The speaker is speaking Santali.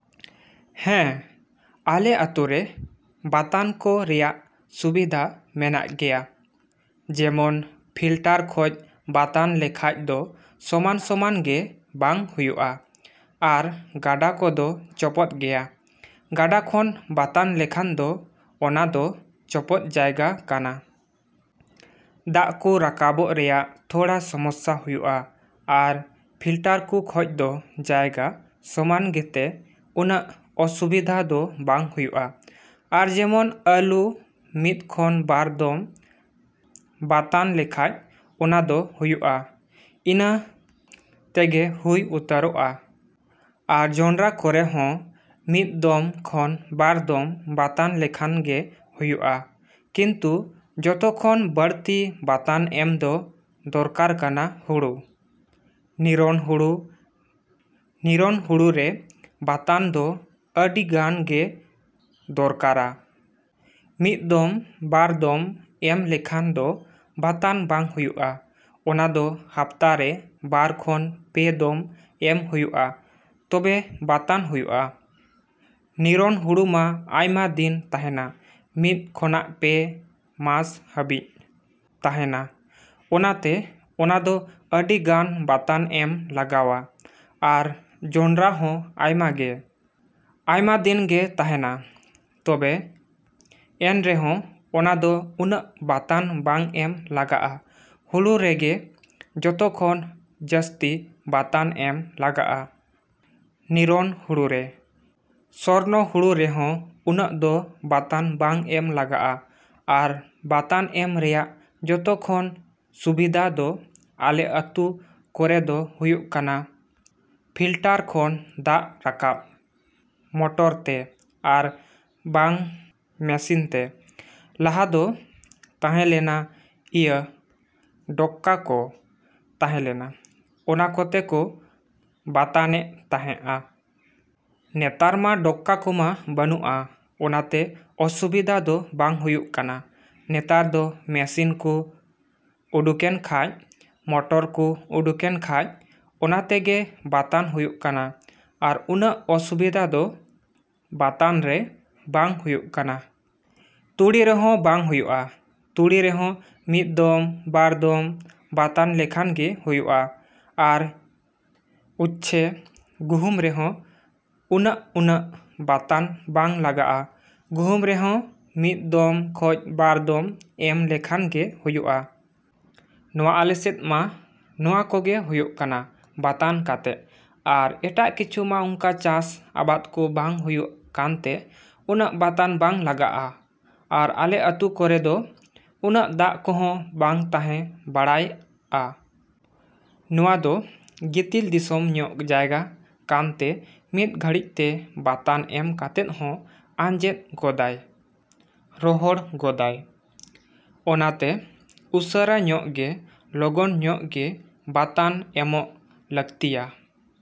ᱦᱮᱸ, ᱟᱞᱮ ᱟᱹᱛᱩᱨᱮ ᱵᱟᱛᱟᱱ ᱠᱚ ᱨᱮᱭᱟᱜ ᱥᱩᱵᱤᱫᱷᱟ ᱢᱮᱱᱟᱜ ᱜᱮᱭᱟ᱾ ᱡᱮᱢᱚᱱ ᱯᱷᱤᱞᱴᱟᱨ ᱠᱷᱚᱡ ᱵᱟᱛᱟᱱ ᱞᱮᱠᱷᱟᱡ ᱫᱚ ᱥᱚᱢᱟᱱᱼᱥᱚᱢᱟᱱ ᱜᱮ ᱵᱟᱝ ᱦᱩᱭᱩᱜᱼᱟ᱾ ᱟᱨ ᱜᱟᱰᱟ ᱠᱚᱫᱚ ᱪᱚᱯᱚᱫ ᱜᱮᱭᱟ᱾ ᱜᱟᱰᱟ ᱠᱷᱚᱱ ᱵᱟᱛᱟᱱ ᱞᱮᱠᱷᱟᱱ ᱫᱚ ᱚᱱᱟᱫᱚ ᱪᱚᱯᱚᱫ ᱡᱟᱭᱜᱟ ᱠᱟᱱᱟ᱾ ᱫᱟᱜ ᱠᱚ ᱨᱟᱠᱟᱵᱚᱜ ᱨᱮᱭᱟᱜ ᱛᱷᱚᱲᱟ ᱥᱚᱢᱚᱥᱥᱟ ᱦᱩᱭᱩᱜᱼᱟ᱾ ᱟᱨ ᱯᱷᱤᱞᱴᱟᱨ ᱠᱚ ᱠᱷᱚᱡ ᱫᱚ ᱡᱟᱭᱜᱟ ᱥᱚᱢᱟᱱ ᱜᱮᱛᱮ ᱩᱱᱟᱹᱜ ᱚᱥᱩᱵᱤᱫᱷᱟ ᱫᱚ ᱵᱟᱝ ᱦᱩᱭᱩᱜᱼᱟ᱾ ᱟᱨ ᱡᱮᱢᱚᱱ ᱟᱹᱞᱩ ,ᱢᱤᱫ ᱠᱷᱚᱱ ᱵᱟᱨ ᱫᱚᱢ ᱵᱟᱛᱟᱱ ᱞᱮᱠᱷᱟᱡ ᱚᱱᱟᱫᱚ ᱦᱩᱭᱩᱜᱼᱟ, ᱤᱱᱟᱹ ᱛᱮᱜᱮ ᱦᱩᱭ ᱩᱛᱟᱹᱨᱚᱜᱼᱟ᱾ ᱟᱨ ᱡᱚᱱᱰᱨᱟ ᱠᱚᱨᱮ ᱦᱚᱸ ᱢᱤᱫ ᱫᱚᱢ ᱠᱷᱚᱱ ᱵᱟᱨ ᱫᱚᱢ ᱵᱟᱛᱟᱱ ᱞᱮᱠᱷᱟᱱ ᱜᱮ ᱦᱩᱭᱩᱜᱼᱟ᱾ ᱠᱤᱱᱛᱩ ᱡᱚᱛᱚ ᱠᱷᱚᱱ ᱵᱟᱹᱲᱛᱤ ᱵᱟᱛᱟᱱ ᱮᱢ ᱫᱚ ᱫᱚᱨᱠᱟᱨ ᱠᱟᱱᱟ ᱦᱩᱲᱩ᱾ ᱱᱤᱨᱚᱱ ᱦᱩᱲᱩ, ᱱᱤᱨᱚᱱ ᱦᱩᱲᱩᱨᱮ ᱵᱟᱛᱟᱱ ᱫᱚ ᱟᱹᱰᱤ ᱜᱟᱱ ᱜᱮ ᱫᱚᱨᱠᱟᱨᱟ᱾ ᱢᱤᱫ ᱫᱚᱢ, ᱵᱟᱨ ᱫᱚᱢ ᱮᱢ ᱞᱮᱠᱷᱟᱱ ᱫᱚ ᱵᱟᱛᱟᱱ ᱵᱟᱝ ᱦᱩᱭᱩᱜᱼᱟ᱾ ᱚᱱᱟᱫᱚ ᱦᱟᱯᱛᱟ ᱨᱮ ᱵᱟᱨ ᱠᱷᱚᱱ ᱯᱮ ᱫᱚᱢ ᱮᱢ ᱦᱩᱭᱩᱜᱼᱟ, ᱛᱚᱵᱮ ᱵᱟᱛᱟᱱ ᱦᱩᱭᱩᱜᱼᱟ᱾ ᱱᱤᱨᱚᱱ ᱦᱩᱲᱩ ᱢᱟ ᱟᱭᱢᱟ ᱫᱤᱱ ᱛᱟᱦᱮᱱᱟ᱾ ᱢᱤᱫ ᱠᱷᱚᱱᱟᱜ ᱯᱮ ᱢᱟᱥ ᱦᱟ.ᱵᱤᱡ ᱛᱟᱦᱮᱱᱟ᱾ ᱚᱱᱟᱛᱮ ᱚᱱᱟᱫᱚ ᱟᱹᱰᱤ ᱜᱟᱱ ᱵᱟᱛᱟᱱ ᱮᱢ ᱞᱟᱜᱟᱣᱟ᱾ ᱟᱨ ᱡᱚᱱᱰᱨᱟ ᱦᱚᱸ ᱟᱭᱢᱟ ᱜᱮ, ᱟᱭᱢᱟ ᱫᱤᱱ ᱜᱮ ᱛᱟᱦᱮᱱᱟ᱾ ᱛᱚᱵᱮ ᱮᱱ ᱨᱮᱦᱚᱸ ᱚᱱᱟᱫᱚ ᱩᱱᱟᱹᱜ ᱵᱟᱛᱟᱱ ᱵᱟᱝ ᱮᱢ ᱞᱟᱜᱟᱜᱼᱟ᱾ ᱦᱩᱲᱩ ᱨᱮᱜᱮ ᱡᱚᱛᱚ ᱠᱷᱚᱱ ᱡᱟᱹᱥᱛᱤ ᱵᱟᱛᱟᱱ ᱮᱢ ᱞᱟᱜᱟᱜᱼᱟ, ᱱᱤᱨᱚᱱ ᱦᱩᱲᱩᱨᱮ᱾ ᱥᱚᱨᱱᱚ ᱦᱩᱲᱩ ᱨᱮᱦᱚᱸ ᱩᱱᱟᱹᱜ ᱫᱚ ᱵᱟᱛᱟᱱ ᱵᱟᱝ ᱮᱢ ᱞᱟᱜᱟᱜᱼᱟ᱾ ᱟᱨ ᱵᱟᱛᱟᱱ ᱮᱢ ᱨᱮᱭᱟᱜ ᱡᱚᱛᱚ ᱠᱷᱚᱱ ᱥᱩᱵᱤᱫᱷᱟ ᱫᱚ ᱟᱞᱮ ᱟᱹᱛᱩ ᱠᱚᱨᱮᱫᱚ ᱦᱩᱭᱩᱜ ᱠᱟᱱᱟ᱾ ᱯᱷᱤᱞᱴᱟᱨ ᱠᱷᱚᱱ ᱫᱟᱜ ᱨᱟᱠᱟᱵᱽ, ᱢᱚᱴᱚᱨ ᱛᱮ, ᱟᱨ ᱵᱟᱝ ᱢᱮᱥᱤᱱ ᱛᱮ᱾ ᱞᱟᱦᱟ ᱫᱚ ᱛᱟᱦᱮᱸ ᱞᱮᱱᱟ ᱤᱭᱟᱹ ᱰᱚᱠᱠᱟ ᱠᱚ, ᱛᱟᱦᱮᱸ ᱞᱮᱱᱟ, ᱚᱱᱟ ᱠᱚᱛᱮ ᱠᱚ ᱵᱟᱛᱟᱱᱮᱜ ᱛᱟᱦᱮᱸᱜᱼᱟ᱾ ᱱᱮᱛᱟᱨ ᱫᱚ ᱰᱚᱠᱠᱟ ᱠᱚᱢᱟ ᱵᱟᱹᱱᱩᱜᱼᱟ, ᱚᱱᱟᱛᱮ ᱚᱥᱩᱵᱤᱫᱷᱟ ᱫᱚ ᱵᱟᱝ ᱦᱩᱭᱩᱜ ᱠᱟᱱᱟ᱾ ᱱᱮᱛᱟᱨ ᱫᱚ ᱢᱮᱥᱤᱱ ᱠᱚ ᱩᱰᱩᱠᱮᱱ ᱠᱷᱟᱡ, ᱢᱚᱴᱚᱨ ᱠᱚ ᱩᱰᱩᱠᱮᱱ ᱠᱷᱟᱡ ᱚᱱᱟᱛᱮᱜᱮ ᱵᱟᱛᱟᱱ ᱦᱩᱭᱩᱜ ᱠᱟᱱᱟ᱾ ᱟᱨ ᱩᱱᱟᱹᱜ ᱚᱥᱩᱵᱤᱫᱷᱟ ᱫᱚ ᱵᱟᱛᱟᱱᱨᱮ ᱵᱟᱝ ᱦᱩᱭᱩᱜ ᱠᱟᱱᱟ᱾ ᱛᱩᱲᱤ ᱨᱮᱦᱚᱸ ᱵᱟᱝ ᱦᱩᱭᱩᱜᱼᱟ᱾ ᱛᱩᱲᱤ ᱨᱮᱦᱚᱸ ᱢᱤᱫ ᱫᱚᱢ, ᱵᱟᱨ ᱫᱚᱢ ᱵᱟᱛᱟᱱ ᱞᱮᱠᱷᱟᱱ ᱜᱮ ᱦᱩᱭᱩᱜᱼᱟ᱾ ᱟᱨ ᱩᱪᱪᱷᱮ, ᱜᱩᱦᱩᱢ ᱨᱮᱦᱚᱸ ᱩᱱᱟᱹᱜᱼᱩᱱᱟᱹᱜ ᱵᱟᱛᱟᱱ ᱵᱟᱝ ᱞᱟᱜᱟᱜᱼᱟ᱾ ᱜᱩᱦᱩᱢ ᱨᱮᱦᱚᱸ ᱢᱤᱫ ᱫᱚᱢ ᱠᱷᱚᱡ ᱵᱟᱨ ᱫᱚᱢ ᱮᱢ ᱞᱮᱠᱷᱟᱱ ᱜᱮ ᱦᱩᱭᱩᱜᱼᱟ᱾ ᱱᱚᱣᱟ ᱟᱞᱮ ᱥᱮᱫ ᱢᱟ ᱱᱚᱣᱟ ᱠᱚᱜᱮ ᱦᱩᱭᱩᱜ ᱠᱟᱱᱟ ᱵᱟᱛᱟᱱ ᱠᱟᱛᱮ᱾ ᱟᱨ ᱮᱴᱟᱜ ᱠᱤᱪᱷᱩ ᱢᱟ ᱚᱱᱠᱟ ᱪᱟᱥ ᱟᱵᱟᱫ ᱠᱚ ᱵᱟᱝ ᱦᱩᱭᱩᱜ ᱠᱟᱱᱛᱮ ᱩᱱᱟᱹᱜ ᱵᱟᱛᱟᱱ ᱵᱟᱝ ᱞᱟᱜᱟᱜᱼᱟ ᱾ ᱟᱨ ᱟᱞᱮ ᱟᱹᱛᱩ ᱠᱚᱨᱮ ᱫᱚ ᱩᱱᱟᱹᱜ ᱫᱟᱜ ᱠᱚᱦᱚᱸ ᱵᱟᱝ ᱛᱟᱦᱮᱸ ᱵᱟᱲᱟᱜᱼᱟ᱾ ᱱᱚᱣᱟ ᱫᱚ ᱜᱤᱛᱤᱞ ᱫᱤᱥᱚᱢ ᱧᱚᱜ ᱡᱟᱭᱜᱟ ᱠᱟᱱᱛᱮ ᱢᱤᱫ ᱜᱷᱟᱹᱲᱤᱡ ᱛᱮ ᱵᱟᱛᱟᱱ ᱮᱢ ᱠᱟᱛᱮᱫ ᱦᱚᱸ ᱟᱸᱡᱮᱫ ᱜᱚᱫᱟᱭ, ᱨᱚᱦᱚᱲ ᱜᱚᱫᱟᱭ᱾ ᱚᱱᱟᱛᱮ ᱩᱥᱟᱹᱨᱟ ᱧᱚᱜ ᱜᱮ, ᱞᱚᱜᱚᱱ ᱧᱚᱜ ᱜᱮ ᱵᱟᱛᱟᱱ ᱮᱢᱚᱜ ᱞᱟᱹᱠᱛᱤᱭᱟ